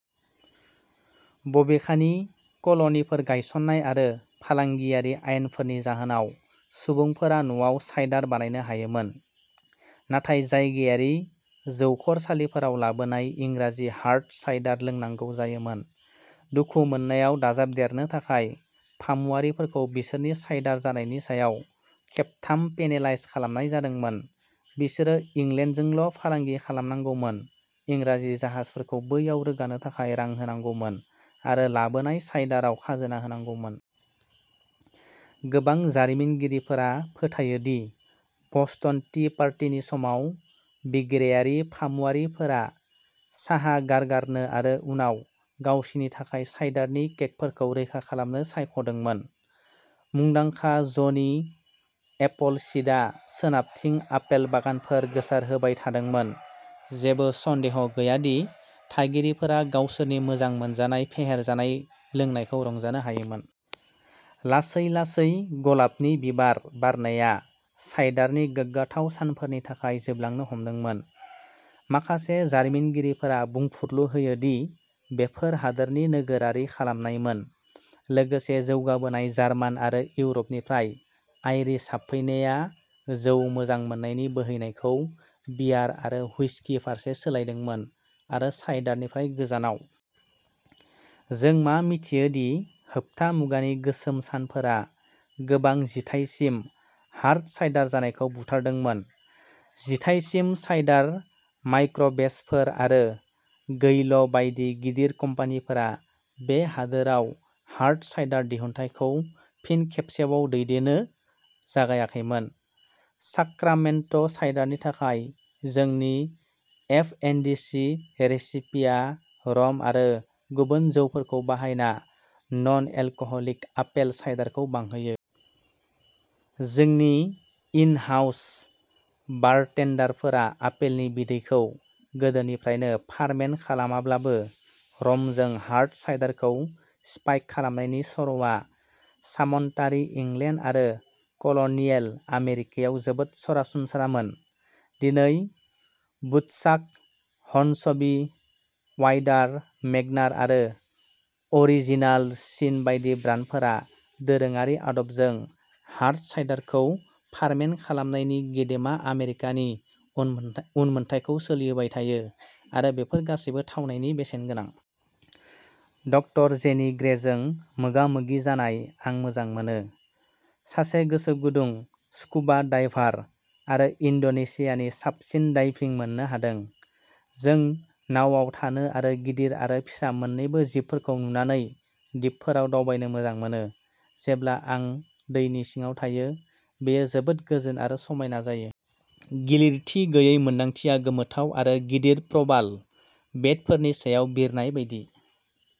बबेखानि, कल'निफोर गायसन्नाय आरो फालांगियारि आयेनफोरनि जाहोनाव, सुबुंफोरा न'आव साइडार बानायनो हायोमोन, नाथाय जायगायारि जौखरसालिफोराव लाबोनाय इंराजि हार्ड साइडार लोंनांगौ जायोमोन। दुखु मोननायाव दाजाबदेरनो थाखाय, फामुआरिफोरखौ बिसोरनि साइडार जानायनि सायाव खेबथाम-पेनेलाइज खालामनाय जादोंमोनः बिसोरो इंलेन्डजोंल'फालांगि खालामनांगौमोन, इंराजि जाहाजफोरखौ बैयाव रोगानो थाखाय रां होनांगौमोन, आरो लाबोनाय साइडाराव खाजोना होनांगौमोन। गोबां जारिमिनगिरिफोरा फोथायो दि बस्टन टी पार्टिनि समाव, बिग्रायारि फामुआरिफोरा साहा गारगारनो आरो उनाव गावसिनि थाखाय साइडारनि केगफोरखौ रैखा खालामनो सायख'दोंमोन। मुंदांखा जनि एपलसीडआ सोनाबथिं आपेल बागानफोर गोसारहोबाय थादोंमोन, जेबो सन्देह गैया दि थागिरिफोरा गावसोरनि मोजां मोनजानाय फेहेरजानाय लोंनायखौ रंजानो हायोमोन। लासै-लासै, गलाबनि बिबार बारनाया साइडारनि गोग्गाथाव सानफोरनि थाखाय जोबलांनो हमदोंमोन। माखासे जारिमिनगिरिफोरा बुंफुरलु होयो दि बेयो हादोरनि नोगोरारि खालामनायमोन, लोगोसे जौगाबोनाय जार्मान आरो इउर'पनिफ्राय आइरिश हाबफैनाया जौ मोजां मोननायनि बोहैनायखौ बियार आरो हुइस्कि फारसे सोलायदोंमोन, आरो साइडारनिफ्राय गोजानाव। जों मा मिथियो दि होबथा मुगानि गोसोम सानफोरा गोबां जिथायसिम हार्ड साइडार जानायखौ बुथारदोंमोन। जिथाइसिम साइडार माइक्र'बेचफोर आरो गैल'बायदि गिदिर कम्पानिफोरा बे हादोराव हार्ड साइडार दिहुनथायखौ फिन खेबसेबाव दैदेननो जागायाखैमोन। साक्रामेन्टो साइडारनि थाखाय जोंनि एफएनडिसि रेसिपिया रम आरो गुबुन जौफोरखौ बाहायना नन-एलकहलिक आपेल साइडारखौ बांहोयो। जोंनि इन-हाउस बारटेन्डारफोरा आपेलनि बिदैखौ गोदाननिफ्राय फार्मेन्ट खालामाब्लाबो, रमजों हार्ड साइडारखौ स्पाइक खालामनायनि सर'आ सामन्तारि इंलेन्ड आरो कल'नियेल आमेरिकायाव जोबोद सरासनस्रामोन। दिनै, वुडचाक, हर्नसबि, वाइडार, मेग्नार आरो अरिजिनाल सिन बायदि ब्रान्डफोरा दोरोङारि आदबजों हार्ड साइडारखौ फार्मेन्ट खालामनायनि गेदेमा आमेरिकानि उन उनमोनथाइखौ सोलिहोबाय थायो, आरो बेफोर गासैबो थावनायनि बेसेन गोनां। ड. जेनी ग्रेजों मोगा-मोगि जानायः "आं मोजां मोनो। सासे गोसोगुदुं स्कुबा डाइभार आरो इन्ड'नेसियानि साबसिन डाइभिं मोननो हादों। जों नावाव थानो आरो गिदिर आरो फिसा मोन्नैबो जिबफोरखौ नुनानै दिपफोराव दावबायनो मोजां मोनो। जेब्ला आं दैनि सिङाव थायो, बेयो जोबोद गोजोन आरो समायना जायो। गिलिरथि गैयै मोन्दांथिया गोमोथाव आरो गिदिर प्रबाल बेडफोरनि सायाव बिरनाय बायदि।